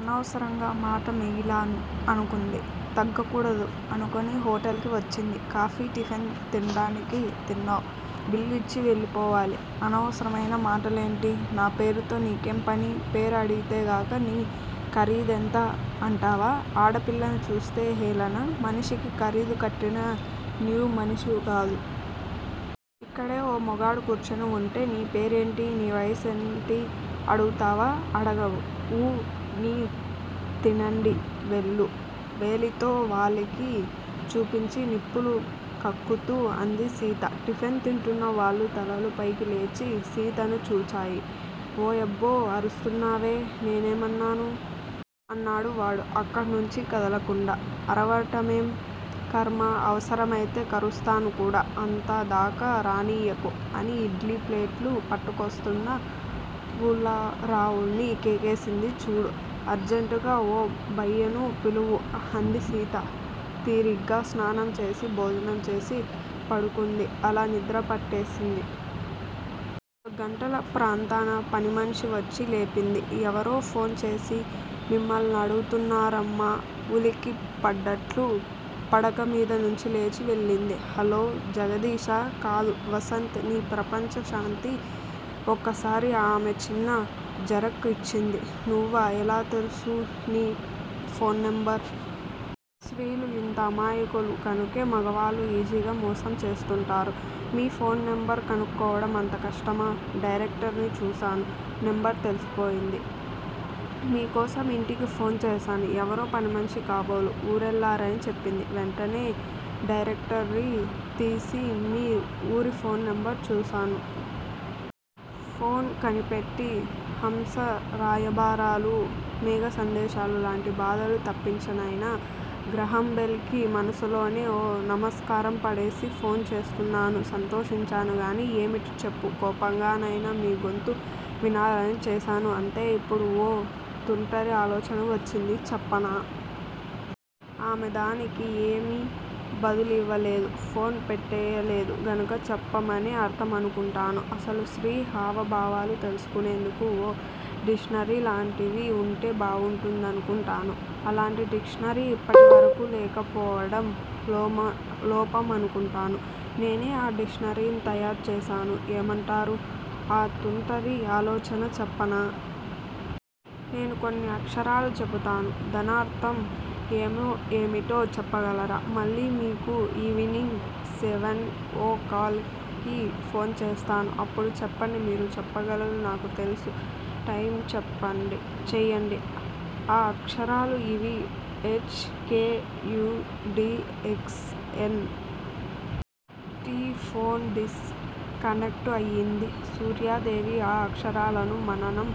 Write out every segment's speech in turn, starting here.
అనవసరంగా మాట మిగిలాను అనుకుంది. తగ్గకూడదు అనుకుని హొటల్ కి వచ్చింది కాఫీ, టిఫెన్ తింటానికి- తిన్నావ్, బిల్లిచ్చి, వెళ్ళిపోవాలి. అనవసరం మాటలేంటి? నా పేరుతో నీకేం పని? పేరు అడిగిందే గాక, నీ ఖరీదెంత అంటావా? ఆడ పిల్లని చూస్తే హేళన! మనిషికి ఖరీదు కట్టిన నీవు మనిషివికాదు. ఇక్కడే ఓ మగాడు కూర్చొని వుంటే నీ పేరేంటి? నీ యసేంటి? అడుగుతావా? అడగవు. ఊ నీ తిండయింది వెళ్లు. వేలితో వాకిలి చూపించి నిప్పులు కక్కుతూ అంది సీత. టిఫెన్ తింటున్న వాళ్లు తలలు పైకి లేచి సీతని చూచాయి. ఓయబ్బో అరుస్తున్నావే? నేనేమన్నాను? అన్నాడు వాడు అక్కడ నుంచి కదలకుండా. అరవటమేం ఖర్మ అవసరమయితే కరుస్తాను కూడా! అంత దాకా రానీయకు. అని ఇడ్లీ ప్లేట్లు పట్టుకోస్తున్న పుల్లారావుని కేకేసింది. చూడు. అర్జంటుగా ఓబయ్యను పిలువు అంది సీత. తీరిగ్గా స్నానం చేసి, భోజనం చేసి పడుకుంది. అలా నిద్రపట్టేసింది. నాలుగు గంటల ప్రాంతాన పనిమనిషి వచ్చి లేపింది. ఎవరో ఫోన్ చేసి మిమ్మల్నడుగుతున్నారమ్మా ఉలిక్కి పడ్డట్లు పడకమీద నుంచి లేచి వెళ్ళింది. హలో! జగదీషా! కాదు వసంత్ ని ప్రపంచ శాంతి ఒక్కసారి ఆమె చిన్న జర్క్ ఇచ్చింది. నువ్వా! ఎలా తెలుసు నీకీ ఫోన్ నెంబర్? స్త్రీలు ఇంత అమాయకులు కనుకే మగవాళ్ళు ఈజీగా మోసం చేస్తుంటారు. మీ ఫోన్ నెంబర్ కనుక్కోవడం అంత కష్టమా? డైరెక్టరీ చూశాను. నెంబరు తెలిసిపోయింది. మీకోసం ఇంటికి ఫోన్ చేశాను. ఎవరో పనిమనిషి కాబోలు ఊరెళ్ళారని చెప్పింది. వెంటనే డైరెక్టరీ తీసి మీ ఊరి ఫోన్ నెంబర్ చూశాను. ఫోన్ కనిపెట్టి హంస రాయబారాలు, మేఘ సందేశాలు లాంటి బాధలు తప్పించైనా గ్రాహంబెల్ కి మనసులోనే ఓ నమస్కారం పడేసి ఫోన్ చేస్తున్నాను సంతోషించాను గానీ, ఏమిటి చెప్పు? కోపంగానైనా మీ గొంతు వినాలని చేశాను అంతే ఇప్పుడే ఓ తుంటరి ఆలోచన వచ్చింది చెప్పనా? ఆమె దానికి ఏమీ బదులివ్వలేదు. ఫోన్ పెట్టేయలేదు గనుక చెప్పమనే అర్ధమనుకుంటాను. అసలు స్త్రీ హావ భావాలు తెలుసుకునేందుకు ఓ డిక్షనరీ లాంటిది వుంటే బావుంటుందనుకుంటాను. అలాంటి డిక్షనరీ ఇప్పటి వరకూ లేకపోవడం లోపమనుకుంటాను. నేనే ఆ డిక్షనరీ తయారు చేస్తాను. ఏమంటారు? ఆ తుంటరి ఆలోచనా చెప్పనా? నేను కొన్ని అక్షరాలు చెబుతాను. దానర్ధం ఏమిటో చెప్పగలరా? మళ్ళీ మీకు ఈవినింగ్ సెవన్ ఓ క్లాక్ కి ఫోన్ చేస్తాను. అప్పుడు చెప్పండి మీరు చెప్పగలరు నాకు తెలుసు. ట్రై చేయండి. ఆ అక్షరాలు ఇవీ H. K. U. D. X. N. T phone disconnect అయింది. సూర్యాదేవి ఆ అక్షరాలను మననం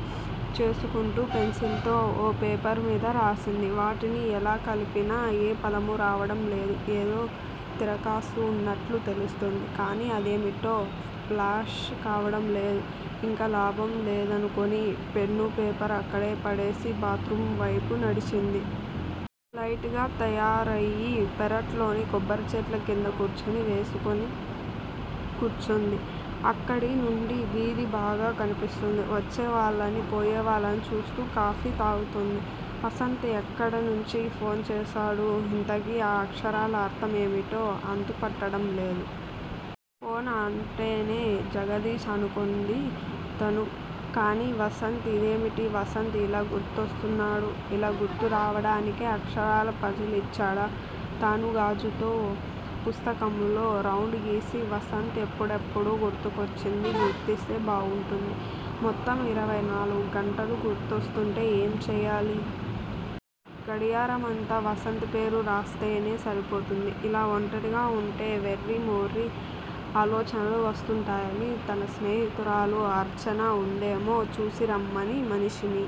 చేసుకుంటూ పెన్సిల్ తో ఓ పేపర్ మీద రాసింది. వాటిని ఎలా కలిపినా ఏ పదమూ రావడం లేదు. ఏదో తిరకాసు వున్నట్లు తెలుస్తోంది కానీ అదేమిటో ప్లాష్ కావడం లేదు. ఇక లాభం లేదనుకుని పెన్నూ, పేపర్ అక్కడే పడేసి, బాత్రూమ్ వైపు నడిచింది. లైట్ గా తయారయి పెరట్లోని కొబ్బరిచెట్ల కింద కుర్చీ వేసుకుని కూర్చుంది. అక్కడి నుండి వీధి బాగా కనిపిస్తుంది. వచ్చే వాళ్ళనీ పోయేవాళ్ళనీ చూస్తూ కాఫీ తాగుతోంది. వసంత్ ఎక్కడి నుంచి ఫోన్ చేశాడు. ఇంతకీ ఆ అక్షరాల అర్ధం ఏమిటో అంతు పట్టడం లేదు. ఫోన్ అంటేనే జగదీష్ అనుకొంది తను. కానీ వసంత్. ఇదేమిటి వసంత్ ఇలా గురొస్తున్నాడు. ఇలా గుర్తురావడానికే అక్షరాల పజిల్ ఇచ్చాడా? తనూ గాజుతో పుస్తకములో రౌండ్ గీసి వసంత్ ఎప్పుడెప్పుడూ గుర్తొచ్చింది గుర్తిస్తే బావుంటుంది. మొత్తం ఇరవై నాలుగు గంటలూ గుర్తొస్తుంటే ఏం చేయాలి. గడియారమంతా వసంత్ పేరు రాస్తేనే సరిపోతుంది. ఇలా ఒంటరిగా వుంటే వెర్రిమొర్రి ఆలోచనలు వస్తుంటాయని తన స్నేహితురాలు అర్చన వుందేమో చూసి రమ్మని మనిషిని